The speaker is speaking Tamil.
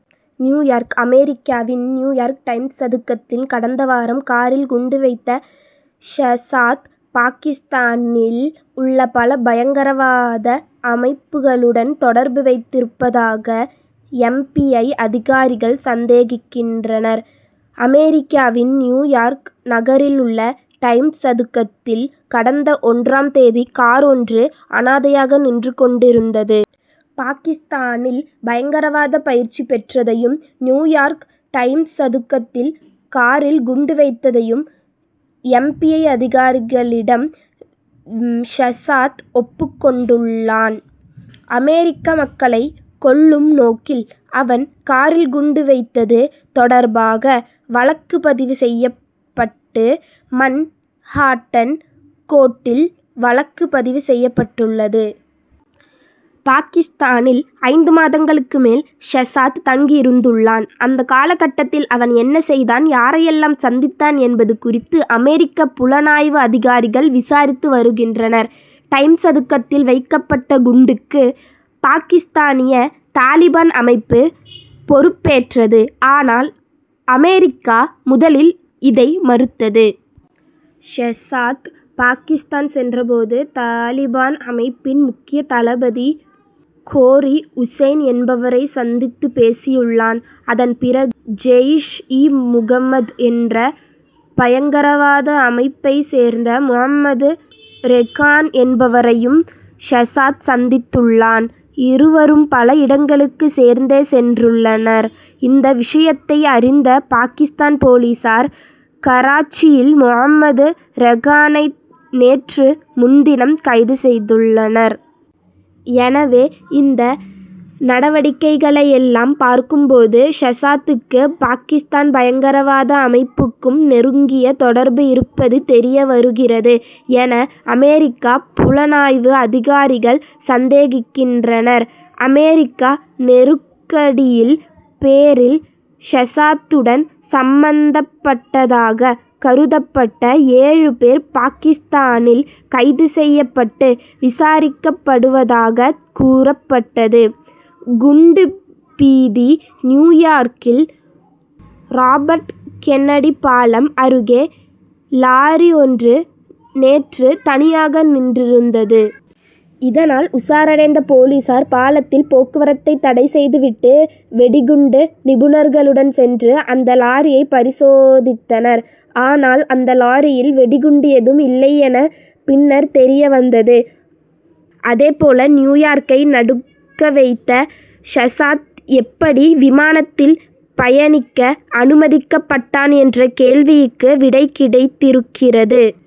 நியூயார்க் அமெரிக்காவின் நியூயார்க் டைம்ஸ் சதுக்கத்தில் கடந்த வாரம் காரில் குண்டு வைத்த ஷசாத் பாகிஸ்தானில் உள்ள பல பயங்கரவாத அமைப்புகளுடன் தொடர்பு வைத்திருந்ததாக எப். பி. ஐ. அதிகாரிகள் சந்தேகிக்கின்றனர். அமெரிக்காவின் நியூயார்க் நகரில் உள்ள டைம்ஸ் சதுக்கத்தில் கடந்த ஒன்றாம் தேதி கார் ஒன்று அனாதையாக நின்று கொண்டிருந்தது. பாகிஸ்தானில் பயங்கரவாத பயிற்சி பெற்றதையும் நியூயார்க் டைம்ஸ் சதுக்கத்தில் காரில் குண்டு வைத்ததையும் எப். பி. ஐ. அதிகாரிகளிடம் ஷசாத் ஒப்புக் கொண்டுள்ளான். அமெரிக்க மக்களை கொல்லும் நோக்கில் அவன் காரில் குண்டு வைத்தது தொடர்பாக வழக்கு பதிவு செய்யப்பட்டு மன் ஹாட்டன் கோர்ட்டில் வழக்கு பதிவு செய்யப்பட்டுள்ளது. பாகிஸ்தானில் ஐந்து மாதங்களுக்கு மேல் ஷசாத் தங்கியிருந்துள்ளான். அந்த காலகட்டத்தில் அவன் என்ன செய்தான் யாரையெல்லாம் சந்தித்தான் என்பது குறித்து அமெரிக்க புலனாய்வு அதிகாரிகள் விசாரித்து வருகின்றனர். டைம் சதுக்கத்தில் வைக்கப்பட்ட குண்டுக்கு பாகிஸ்தானிய தலிபான் அமைப்பு பொறுப்பேற்றது. ஆனால் அமெரிக்கா முதலில் இதை மறுத்தது. ஷசாத் பாகிஸ்தான் சென்ற போது தலிபான் அமைப்பின் முக்கிய தளபதி கோரி ஹூசைன் என்பவரை சந்தித்துப் பேசியுள்ளான். அதன் பிறகு ஜெய்ஷ் இ முகமது என்ற பயங்கரவாத அமைப்பைச் சேர்ந்த முகமது ரெகான் என்பவரையும் ஷசாத் சந்தித்துள்ளான். இருவரும் பல இடங்களுக்கு சேர்ந்தே சென்றுள்ளனர். இந்த விஷயத்தை அறிந்த பாகிஸ்தான் போலீசார் கராச்சியில் முகமது ரெகானை நேற்று முன்தினம் கைது செய்துள்ளனர். எனவே இந்த நடவடிக்கைகளையெல்லாம் பார்க்கும் போது ஷசாத்துக்கும் பாகிஸ்தான் பயங்கரவாத அமைப்புக்கும் நெருங்கிய தொடர்பு இருப்பது தெரிய வருகிறது என அமெரிக்க புலனாய்வு அதிகாரிகள் சந்தேகிக்கின்றனர். அமெரிக்க நெருக்கடியின் பேரில் ஷசாத்துடன் சம்பந்தப்பட்டதாகக் கருதப்பட்ட ஏழு பேர் பாகிஸ்தானில் கைது செய்யப்பட்டு விசாரிக்கப்படுவதாகக் கூறப்பட்டது. குண்டு பீதி நியூயார்க்கில் ராபர்ட் கென்னடி பாலம் அருகே லாரி ஒன்று நேற்று தனியாக நின்றிருந்தது. இதனால் உஷாரடைந்த போலீசார் பாலத்தில் போக்குவரத்தை தடை செய்து விட்டு வெடிகுண்டு நிபுணர்களுடன் சென்று அந்த லாரியை பரிசோதித்தனர். ஆனால் அந்த லாரியில் வெடிகுண்டு ஏதும் இல்லையென பின்னர் தெரிய வந்தது. அதேபோல நியூயார்க்கை நடுங்க வைத்த ஷசாத் எப்படி விமானத்தில் பயணிக்க அனுமதிக்கப்பட்டான் என்ற கேள்விக்கும் விடை கிடைத்திருக்கிறது.